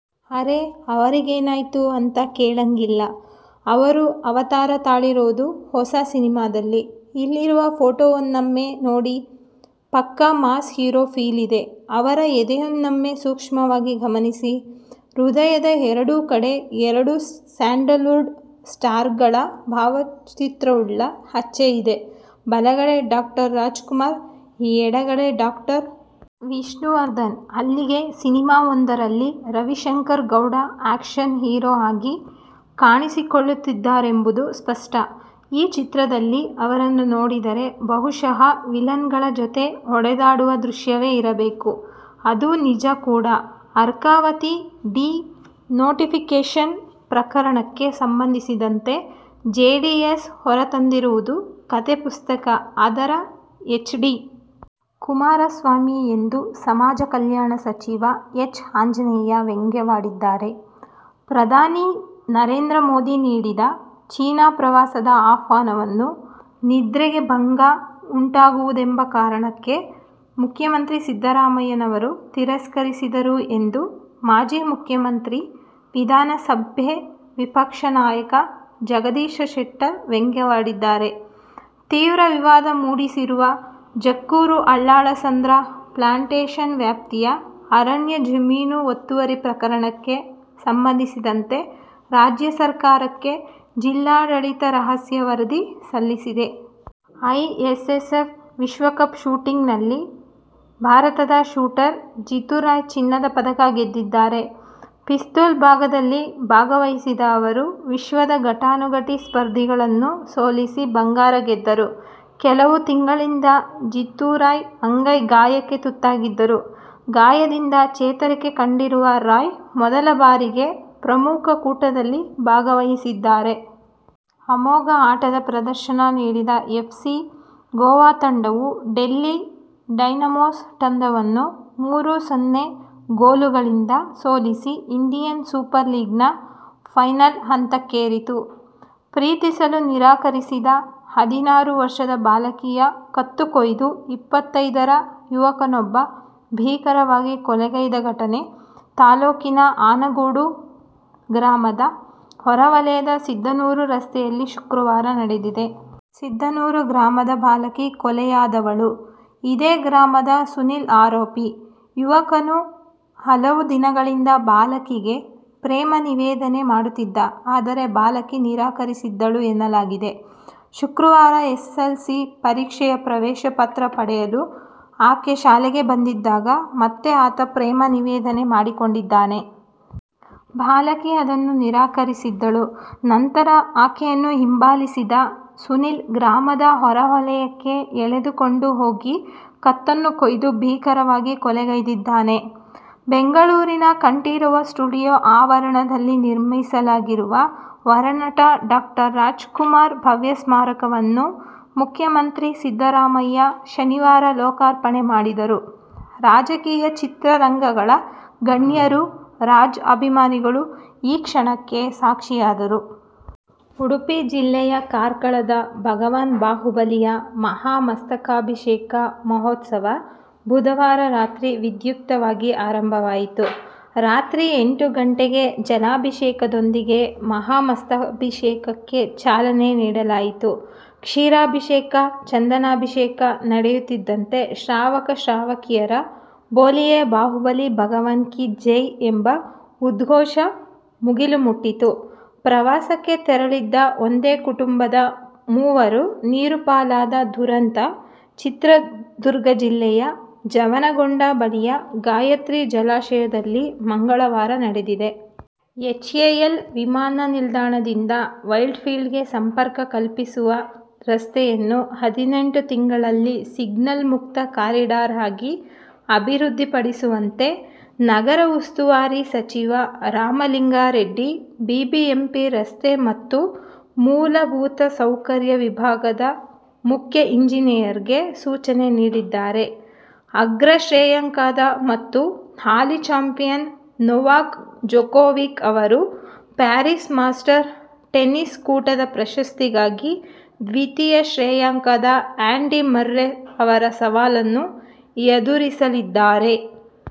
ಅರೇ, ಅವರಿಗೇನಾಯ್ತು ಅಂತ ಕೇಳಂಗಿಲ್ಲ. ಅವರು ಅವತಾರ ತಾಳಿರೋದು ಹೊಸ ಸಿನಿಮಾದಲ್ಲಿ. ಇಲ್ಲಿರುವ ಫೋಟೋವನ್ನೊಮ್ಮೆ ನೋಡಿ. ಪಕ್ಕಾ ಮಾಸ್ ಹೀರೋ ಫೀಲ್ ಇದೆ. ಅವರ ಎದೆಯನ್ನೊಮ್ಮೆ ಸೂಕ್ಷ್ಮವಾಗಿ ಗಮನಿಸಿ, ಹೃದಯದ ಎರಡೂ ಕಡೆ ಎರಡು ಸ್ಯಾಂಡಲ್ವುಡ್ ಸ್ಟಾರ್ಗಳ ಭಾವಚಿತ್ರವುಳ್ಳ ಹಚ್ಚೆ ಇದೆ. ಬಲಗಡೆ ಡಾ. ರಾಜ್ಕುಮಾರ್, ಎಡಗಡೆ ಡಾ. ವಿಷ್ಣುವರ್ಧನ್. ಅಲ್ಲಿಗೆ ಸಿನಿಮಾವೊಂದರಲ್ಲಿ ರವಿಶಂಕರ್ಗೌಡ ಆ್ಯಕ್ಷನ್ ಹೀರೋ ಆಗಿ ಕಾಣಿಸಿಕೊಳ್ಳುತ್ತಿದ್ದಾರೆಂಬುದು ಸ್ಪಷ್ಟ. ಈ ಚಿತ್ರದಲ್ಲಿ ಅವರನ್ನು ನೋಡಿದರೆ, ಬಹುಶಃ ವಿಲನ್ಗಳ ಜತೆ ಹೊಡೆದಾಡುವ ದೃಶ್ಯವೇ ಇರಬೇಕು. ಅದು ನಿಜ ಕೂಡ. ಅರ್ಕಾವತಿ ಡಿ-ನೋಟಿಫಿಕೇಷನ್ ಪ್ರಕರಣಕ್ಕೆ ಸಂಬಂಧಿಸಿದಂತೆ ಜೆಡಿಎಸ್ ಹೊರತಂದಿರುವುದು ಕಥೆ ಪುಸ್ತಕ. ಅದರ ಎಚ್. ಡಿ. ಕುಮಾರಸ್ವಾಮಿ ಎಂದು ಸಮಾಜ ಕಲ್ಯಾಣ ಸಚಿವ ಎಚ್. ಆಂಜನೇಯ ವ್ಯಂಗ್ಯವಾಡಿದ್ದಾರೆ. ಪ್ರಧಾನಿ ನರೇಂದ್ರ ಮೋದಿ ನೀಡಿದ ಚೀನಾ ಪ್ರವಾಸದ ಆಹ್ವಾನವನ್ನು ನಿದ್ರೆಗೆ ಭಂಗ ಉಂಟಾಗುವುದೆಂಬ ಕಾರಣಕ್ಕೆ ಮುಖ್ಯಮಂತ್ರಿ ಸಿದ್ದರಾಮಯ್ಯನವರು ತಿರಸ್ಕರಿಸಿದರು ಎಂದು ಮಾಜಿ ಮುಖ್ಯಮಂತ್ರಿ, ವಿಧಾನಸಭೆ ವಿಪಕ್ಷ ನಾಯಕ ಜಗದೀಶ ಶೆಟ್ಟರ್ ವ್ಯಂಗ್ಯವಾಡಿದ್ದಾರೆ. ತೀವ್ರ ವಿವಾದ ಮೂಡಿಸಿರುವ ಜಕ್ಕೂರು-ಅಲ್ಲಾಳಸಂದ್ರ ಪ್ಲಾಂಟೇಷನ್ ವ್ಯಾಪ್ತಿಯ ಅರಣ್ಯ ಜಮೀನು ಒತ್ತುವರಿ ಪ್ರಕರಣಕ್ಕೆ ಸಂಬಂಧಿಸಿದಂತೆ ರಾಜ್ಯ ಸರ್ಕಾರಕ್ಕೆ ಜಿಲ್ಲಾಡಳಿತ ರಹಸ್ಯ ವರದಿ ಸಲ್ಲಿಸಿದೆ. ಐಎಸ್ಎಸ್ಎಫ್ ವಿಶ್ವಕಪ್ ಶೂಟಿಂಗ್ನಲ್ಲಿ ಭಾರತದ ಶೂಟರ್ ಜಿತು ರಾಯ್ ಚಿನ್ನದ ಪದಕ ಗೆದ್ದಿದ್ದಾರೆ. ಪಿಸ್ತೂಲ್ ವಿಭಾಗದಲ್ಲಿ ಭಾಗವಹಿಸಿದ ಅವರು ವಿಶ್ವದ ಘಟಾನುಘಟಿ ಸ್ಪರ್ಧಿಗಳನ್ನು ಸೋಲಿಸಿ ಬಂಗಾರ ಗೆದ್ದರು. ಕೆಲವು ತಿಂಗಳಿಂದ ಜಿತು ರಾಯ್ ಅಂಗೈ ಗಾಯಕ್ಕೆ ತುತ್ತಾಗಿದ್ದರು. ಗಾಯದಿಂದ ಚೇತರಿಕೆ ಕಂಡಿರುವ ರಾಯ್ ಮೊದಲ ಬಾರಿಗೆ ಪ್ರಮುಖ ಕೂಟದಲ್ಲಿ ಭಾಗವಹಿಸಿದ್ದಾರೆ. ಅಮೋಘ ಆಟದ ಪ್ರದರ್ಶನ ನೀಡಿದ ಎಫ್ಸಿ ಗೋವಾ ತಂಡವು ಡೆಲ್ಲಿ ಡೈನಮೋಸ್ ತಂಡವನ್ನು ಮೂರು-ಸೊನ್ನೆ ಗೋಲುಗಳಿಂದ ಸೋಲಿಸಿ ಇಂಡಿಯನ್ ಸೂಪರ್ ಲೀಗ್ ನ ಫೈನಲ್ ಹಂತಕ್ಕೇರಿತು. ಪ್ರೀತಿಸಲು ನಿರಾಕರಿಸಿದ ಹದಿನಾರು ವರ್ಷದ ಬಾಲಕಿಯ ಕತ್ತು ಕೊಯ್ದು ಇಪ್ಪತ್ತೈದರ ಯುವಕನೊಬ್ಬ ಭೀಕರವಾಗಿ ಕೊಲೆಗೈದ ಘಟನೆ ತಾಲೂಕಿನ ಆನಗೋಡು ಗ್ರಾಮದ ಹೊರವಲಯದ ಸಿದ್ಧನೂರು ರಸ್ತೆಯಲ್ಲಿ ಶುಕ್ರವಾರ ನಡೆದಿದೆ. ಸಿದ್ಧನೂರು ಗ್ರಾಮದ ಬಾಲಕಿ ಕೊಲೆಯಾದವಳು. ಇದೇ ಗ್ರಾಮದ ಸುನೀಲ್ ಆರೋಪಿ. ಯುವಕನು ಹಲವು ದಿನಗಳಿಂದ ಬಾಲಕಿಗೆ ಪ್ರೇಮ ನಿವೇದನೆ ಮಾಡುತ್ತಿದ್ದ. ಆದರೆ ಬಾಲಕಿ ನಿರಾಕರಿಸಿದ್ದಳು ಎನ್ನಲಾಗಿದೆ. ಶುಕ್ರವಾರ ಎಸ್ಸೆಸ್ಸೆಲ್ಸಿ ಪರೀಕ್ಷೆಯ ಪ್ರವೇಶ ಪತ್ರ ಪಡೆಯಲು ಆಕೆ ಶಾಲೆಗೆ ಬಂದಿದ್ದಾಗ ಮತ್ತೆ ಆತ ಪ್ರೇಮ ನಿವೇದನೆ ಮಾಡಿಕೊಂಡಿದ್ದಾನೆ. ಬಾಲಕಿ ಅದನ್ನು ನಿರಾಕರಿಸಿದ್ದಳು. ನಂತರ ಆಕೆಯನ್ನು ಹಿಂಬಾಲಿಸಿದ ಸುನೀಲ್ ಗ್ರಾಮದ ಹೊರವಲಯಕ್ಕೆ ಎಳೆದುಕೊಂಡು ಹೋಗಿ ಕತ್ತನ್ನು ಕೊಯ್ದು ಭೀಕರವಾಗಿ ಕೊಲೆಗೈದಿದ್ದಾನೆ. ಬೆಂಗಳೂರಿನ ಕಂಠೀರವ ಸ್ಟುಡಿಯೋ ಆವರಣದಲ್ಲಿ ನಿರ್ಮಿಸಲಾಗಿರುವ ವರನಟ ಡಾ ರಾಜ್ ಕುಮಾರ್ ಭವ್ಯ ಸ್ಮಾರಕವನ್ನು ಮುಖ್ಯಮಂತ್ರಿ ಸಿದ್ದರಾಮಯ್ಯ ಶನಿವಾರ ಲೋಕಾರ್ಪಣೆ ಮಾಡಿದರು. ರಾಜಕೀಯ, ಚಿತ್ರರಂಗಗಳ ಗಣ್ಯರು, ರಾಜ್ ಅಭಿಮಾನಿಗಳು ಈ ಕ್ಷಣಕ್ಕೆ ಸಾಕ್ಷಿಯಾದರು. ಉಡುಪಿ ಜಿಲ್ಲೆಯ ಕಾರ್ಕಳದ ಭಗವಾನ್ ಬಾಹುಬಲಿಯ ಮಹಾಮಸ್ತಕಾಭಿಷೇಕ ಮಹೋತ್ಸವ ಬುಧವಾರ ರಾತ್ರಿ ವಿಧ್ಯುಕ್ತವಾಗಿ ಆರಂಭವಾಯಿತು. ರಾತ್ರಿ ಎಂಟು ಗಂಟೆಗೆ ಜಲಾಭಿಷೇಕದೊಂದಿಗೆ ಮಹಾಮಸ್ತಕಾಭಿಷೇಕಕ್ಕೆ ಚಾಲನೆ ನೀಡಲಾಯಿತು. ಕ್ಷೀರಾಭಿಷೇಕ, ಚಂದನಾಭಿಷೇಕ ನಡೆಯುತ್ತಿದ್ದಂತೆ ಶ್ರಾವಕ, ಶ್ರಾವಕಿಯರ ಬೋಲಿಯೆ ಬಾಹುಬಲಿ ಭಗವಾನ್ ಕಿ ಜೈ ಎಂಬ ಉದ್ಘೋಷ ಮುಗಿಲು ಮುಟ್ಟಿತ್ತು. ಪ್ರವಾಸಕ್ಕೆ ತೆರಳಿದ್ದ ಒಂದೇ ಕುಟುಂಬದ ಮೂವರು ನೀರುಪಾಲಾದ ದುರಂತ ಚಿತ್ರದುರ್ಗ ಜಿಲ್ಲೆಯ ಜವನಗೊಂಡ ಬಳಿಯ ಗಾಯತ್ರಿ ಜಲಾಶಯದಲ್ಲಿ ಮಂಗಳವಾರ ನಡೆದಿದೆ. ಎಚ್ಎಎಲ್ ವಿಮಾನನಿಲ್ದಾಣದಿಂದ ವೈಟ್ಫೀಲ್ಡ್ಗೆ ಸಂಪರ್ಕ ಕಲ್ಪಿಸುವ ರಸ್ತೆಯನ್ನು ಹದಿನೆಂಟು ತಿಂಗಳಲ್ಲಿ ಸಿಗ್ನಲ್ ಮುಕ್ತ ಕಾರಿಡಾರ್ ಆಗಿ ಅಭಿವೃದ್ಧಿಪಡಿಸುವಂತೆ ನಗರ ಉಸ್ತುವಾರಿ ಸಚಿವ ರಾಮಲಿಂಗಾರೆಡ್ಡಿ ಬಿಬಿಎಂಪಿ ರಸ್ತೆ ಮತ್ತು ಮೂಲಭೂತ ಸೌಕರ್ಯ ವಿಭಾಗದ ಮುಖ್ಯ ಎಂಜಿನಿಯರ್ಗೆ ಸೂಚನೆ ನೀಡಿದ್ದಾರೆ. ಅಗ್ರ ಶ್ರೇಯಾಂಕದ ಮತ್ತು ಹಾಲಿ ಚಾಂಪಿಯನ್ ನೊವಾಕ್ ಜೊಕೋವಿಕ್ ಅವರು ಪ್ಯಾರಿಸ್ ಮಾಸ್ಟರ್ ಟೆನಿಸ್ ಕೂಟದ ಪ್ರಶಸ್ತಿಗಾಗಿ ದ್ವಿತೀಯ ಶ್ರೇಯಾಂಕದ ಆ್ಯಂಡಿ ಮರ್ರೆ ಅವರ ಸವಾಲನ್ನು ಎದುರಿಸಲಿದ್ದಾರೆ.